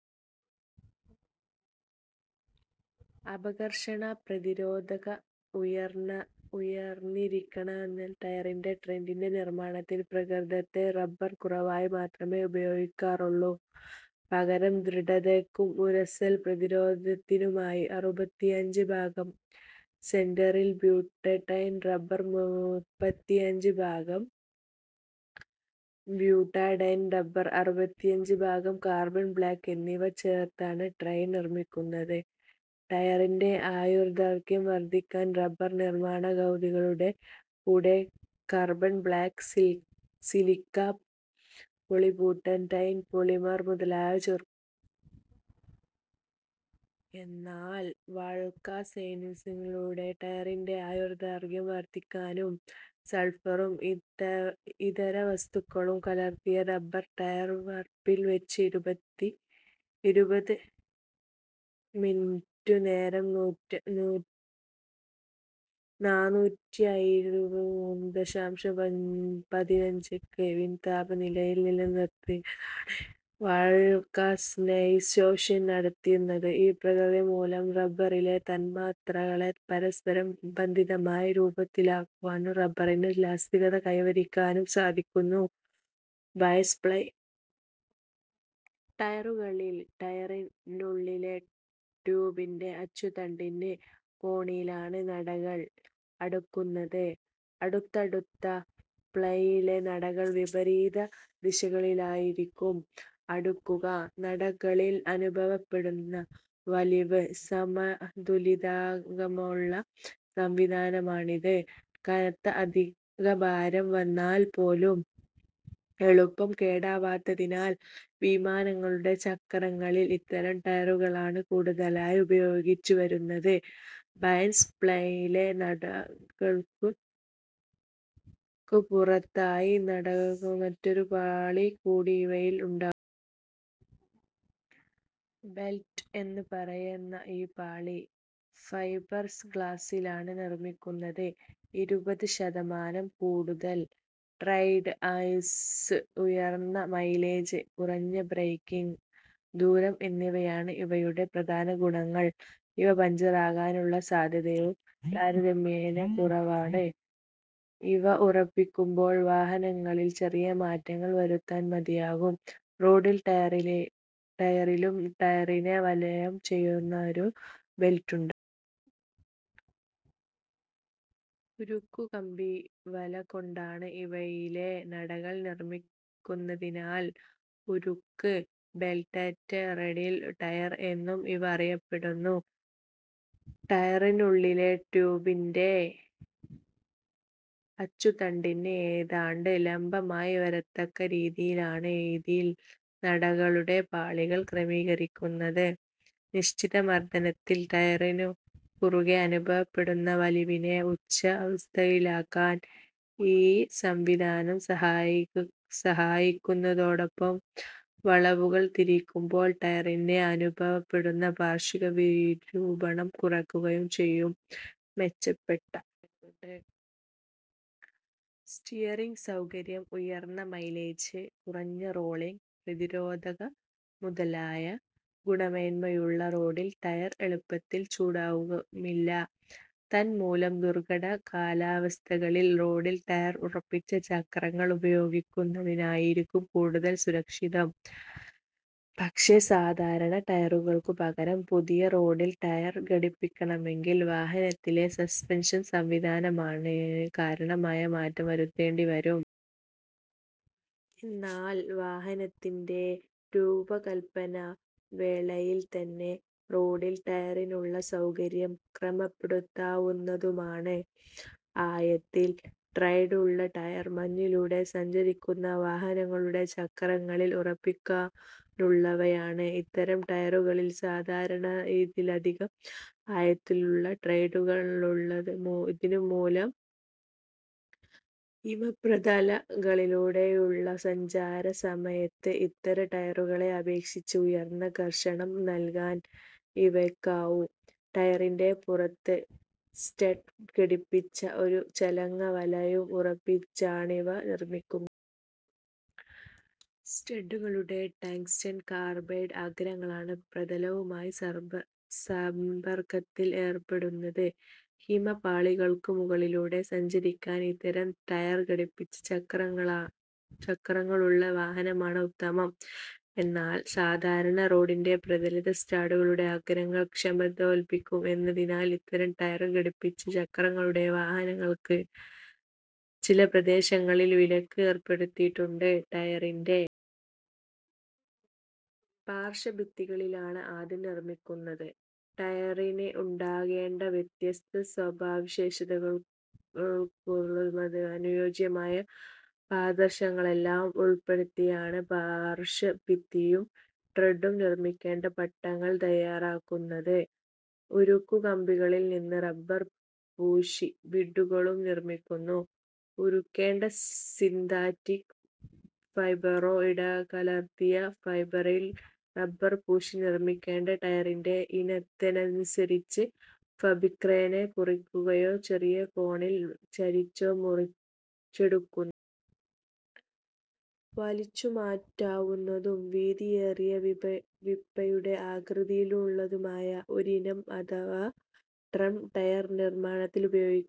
അപഘർഷണ പ്രതിരോധകത ഉയർന്നിരിക്കണമെന്നതിനാൽ, ടയറിൻ്റെ ട്രെഡ്ഡിൻ്റെ നിർമ്മാണത്തിന് പ്രകൃതിദത്ത റബർ കുറവായി മാത്രമേ ഉപയോഗിക്കാറുള്ളൂ. പകരം, ദൃഢതയ്ക്കും ഉരസൽ പ്രതിരോധത്തിനുമായി അറുപത്തിയഞ്ച് ഭാഗം സ്റ്റൈറീൻ-ബ്യൂട്ടഡൈൻ റബർ, മുപ്പത്തിയഞ്ച് ഭാഗം ബ്യൂട്ടഡൈൻ റബർ, അറുപത്തിയഞ്ച് ഭാഗം കാർബൺ ബ്ലാക്ക് എന്നിവ ചേർത്താണ് ട്രെഡ് നിർമ്മിക്കുന്നത്. ടയറിൻ്റെ ആയുർദൈർഘ്യം വർധിപ്പിക്കാൻ റബർ നിർമ്മാണയൗഗികങ്ങളുടെ കൂടെ carbon black, silica, polybutadiene polymer മുതലായവ ചേർക്കുന്നു. എന്നാൽ, വൾക്കനൈസിങ്ങിലൂടെയും ടയറിൻ്റെ ആയുർദൈർഘ്യം വർധിപ്പിക്കാനാകും. സൾഫറും ഇതര വസ്തുക്കളും കലർത്തിയ റബർ, ടയർ വാർപ്പിൽ വച്ച് ഇരുപത് മിനിറ്റുനേരം നാനൂറ്റിയിരുപത്തിമൂന്ന് ദശാംശം പതിനഞ്ച് കെൽവിൻ താപനിലയിൽ നിലനിർത്തിയാണ് വൾക്കനൈസേഷൻ നടത്തുന്നത്. ഈ പ്രക്രിയമൂലം റബറിലെ തന്മാത്രകളെ പരസ്പരം ബന്ധിതമായ രൂപത്തിലാക്കുവാനും റബറിന് ഇലാസ്തികത കൈവരിക്കുവാനും സാധിക്കുന്നു. ബയസ്-പ്ലൈ ടയറുകളിൽ, ടയറിനുള്ളിലെ ട്യൂബിൻ്റെ അച്ചുതണ്ടിന് കോണിലാണ് നാടകൾ അടുക്കുന്നത്. അടുത്തടുത്ത പ്ലൈയിലെ നാടകൾ വിപരീത ദിശകളിലായിരിക്കും അടുക്കുക. നാടകളിൽ അനുഭവപ്പെടുന്ന വലിവ് സമതുലിതമാക്കാനുള്ള സംവിധാനമാണിത്. കനത്ത അധികഭാരം വന്നാൽ പോലും എളുപ്പം കേടാവാത്തതിനാൽ, വിമാനങ്ങളുടെ ചക്രങ്ങളിൽ ഇത്തരം ടയറുകളാണ് കൂടുതലായി ഉപയോഗിച്ചുവരുന്നത്. ബയസ്-പ്ലൈയിലെ നാടകൾക്കു പുറത്തായി നാടകളുടെ മറ്റൊരു പാളി കൂടി ഇവയിൽ ഉണ്ടാകും. ബെൽറ്റ് എന്നു പറയുന്ന ഈ പാളി ഫൈബർഗ്ലാസിലാണ് നിർമ്മിക്കുന്നത്. ഇരുപത് ശതമാനം കൂടുതൽ ട്രെഡ്-ആയുസ്സ്, ഉയർന്ന മൈലേജ്, കുറഞ്ഞ ബ്രേക്കിങ് ദൂരം എന്നിവയാണ് ഇവയുടെ പ്രധാന ഗുണങ്ങൾ. ഇവ പഞ്ചറാകാനുള്ള സാധ്യതയും താരതമ്യേന കുറവാണ്. ഇവ ഉറപ്പിക്കുമ്പോൾ വാഹനങ്ങളിൽ ചെറിയ മാറ്റങ്ങൾ വരുത്തിയാൽ മതിയാകും. റേഡിയൽ ടയറിലും ടയറിനെ വലയം ചെയ്യുന്ന ഒരു ബെൽറ്റുണ്ടാവും. ഉരുക്കുകമ്പിവല കൊണ്ടാണ് ഇവയിലെ നാടകൾ നിർമ്മിക്കുന്നതെന്നതിനാൽ, ഉരുക്ക്-ബെൽറ്റഡ് റേഡിയൽ ടയർ എന്നും ഇവ അറിയപ്പെടുന്നു. ടയറിനുള്ളിലെ ട്യൂബിൻ്റെ അച്ചുതണ്ടിന് ഏതാണ്ട് ലംബമായി വരത്തക്ക രീതിയിലാണ് ഇതിൽ നാടകളുടെ പാളികൾ ക്രമീകരിക്കുന്നത്. നിശ്ചിത മർദ്ദത്തിൽ ടയറിനു കുറുകെ അനുഭവപ്പെടുന്ന വലിവിനെ ഉച്ചാവസ്ഥയിലാക്കാൻ ഈ സംവിധാനം സഹായിക്കുന്നതോടൊപ്പം, വളവുകൾ തിരിയുമ്പോൾ ടയറിൽ അനുഭവപ്പെടുന്ന പാർശ്വിക വിരൂപണം കുറയ്ക്കുകയും ചെയ്യും. മെച്ചപ്പെട്ട സ്റ്റിയറിങ് സൗകര്യം, ഉയർന്ന മൈലേജ്, കുറഞ്ഞ റോളിങ് പ്രതിരോധകത മുതലായ ഗുണമേന്മകളുള്ള റേഡിയൽ ടയർ എളുപ്പത്തിൽ ചൂടാകുകയുമില്ല. തന്മൂലം, ദുർഘട കാലാവസ്ഥകളിൽ റേഡിയൽ ടയർ ഉറപ്പിച്ച ചക്രങ്ങൾ ഉപയോഗിക്കുന്നതായിരിക്കും കൂടുതൽ സുരക്ഷിതം. പക്ഷേ, സാധാരണ ടയറുകൾക്കു പകരം പുതിയ റേഡിയൽ ടയർ ഘടിപ്പിക്കണമെങ്കിൽ, വാഹനത്തിലെ സസ്പെൻഷൻ സംവിധാനത്തിന് കാര്യമായ മാറ്റം വരുത്തേണ്ടിവരും. എന്നാൽ, വാഹനത്തിൻ്റെ രൂപകൽപ്പനാവേളയിൽത്തന്നെ റേഡിയൽ ടയറിനുള്ള സൗകര്യം ക്രമപ്പെടുത്താവുന്നതുമാണ്. ആഴത്തിൽ ട്രെഡ്ഡുള്ള ടയർ മഞ്ഞിലൂടെ സഞ്ചരിക്കുന്ന വാഹനങ്ങളുടെ ചക്രങ്ങളിൽ ഉറപ്പിക്കാനുള്ളവയാണ്. ഇത്തരം ടയറുകളിൽ സാധാരണയിലധികം ആഴത്തിലുള്ള ട്രെഡ്ഡാണുള്ളത്. ഇതുമൂലം, ഹിമപ്രതലങ്ങളിലൂടെയുള്ള സഞ്ചാരസമയത്ത് ഇതര ടയറുകളെ അപേക്ഷിച്ച് ഉയർന്ന ഘർഷണം നൽകാൻ ഇവയ്ക്കാവും. ടയറിൻ്റെ പുറത്ത് സ്റ്റഡ്ഡ് ഘടിപ്പിച്ച ഒരു ചങ്ങലവലയം ഉറപ്പിച്ചാണിവ നിർമ്മിക്കുന്നത്. സ്റ്റഡ്ഡുകളുടെ ടങ്സ്റ്റൺ കാർബൈഡ് അഗ്രങ്ങളാണ് പ്രതലവുമായി സമ്പർക്കത്തിൽ ഏർപ്പെടുന്നത്. ഹിമപാളികൾക്കു മുകളിലൂടെ സഞ്ചരിക്കാൻ ഇത്തരം ടയർ ഘടിപ്പിച്ച ചക്രങ്ങളുള്ള വാഹനങ്ങളാണ് ഉത്തമം. എന്നാൽ, സാധാരണ റോഡിൻ്റെ പ്രതലത്തെ സ്റ്റഡ്ഡുകളുടെ അഗ്രങ്ങൾ ക്ഷതമേൽപ്പിക്കും എന്നതിനാൽ, ഇത്തരം ടയർ ഘടിപ്പിച്ച ചക്രങ്ങളുള്ള വാഹനങ്ങൾക്ക് ചില പ്രദേശങ്ങളിൽ വിലക്ക് ഏർപ്പെടുത്തിയിട്ടുണ്ട്. ടയറിൻ്റെ പാർശ്വഭിത്തികളാണ് ആദ്യം നിർമ്മിക്കുന്നത്. ടയറിന് ഉണ്ടാകേണ്ട വ്യത്യസ്ത സ്വഭാവവിശേഷങ്ങൾക്കനുസൃതമായി അനുയോജ്യമായ പദാർഥങ്ങളെല്ലാം ഉൾപ്പെടുത്തിയാണ് പാർശ്വഭിത്തിയും ട്രെഡ്ഡും നിർമ്മിക്കേണ്ട പട്ടകൾ തയ്യാറാക്കുന്നത്. ഉരുക്കുകമ്പികളിൽ റബർ പൂശി ബീഡുകളും നിർമ്മിക്കുന്നു. ഉരുക്കോ സിന്തറ്റിക് ഫൈബറോ ഇടകലർത്തിയ ഫാബ്രിക്കിൽ റബർ പൂശി, നിർമ്മിക്കേണ്ട ടയറിൻ്റെ ഇനത്തിനനുസരിച്ച് ഫാബ്രിക്കിനെ കുറുകെയോ ചെറിയ കോണിൽ ചരിച്ചോ മുറിച്ചെടുക്കുന്നു. വലിച്ചുമാറ്റാവുന്നതും വീതിയേറിയ വീപ്പയുടെ ആകൃതിയിലുള്ളതുമായ ഒരിനം അഥവാ ഡ്രം ടയർ നിർമ്മാണത്തിൽ ഉപയോഗിക്കുന്നത്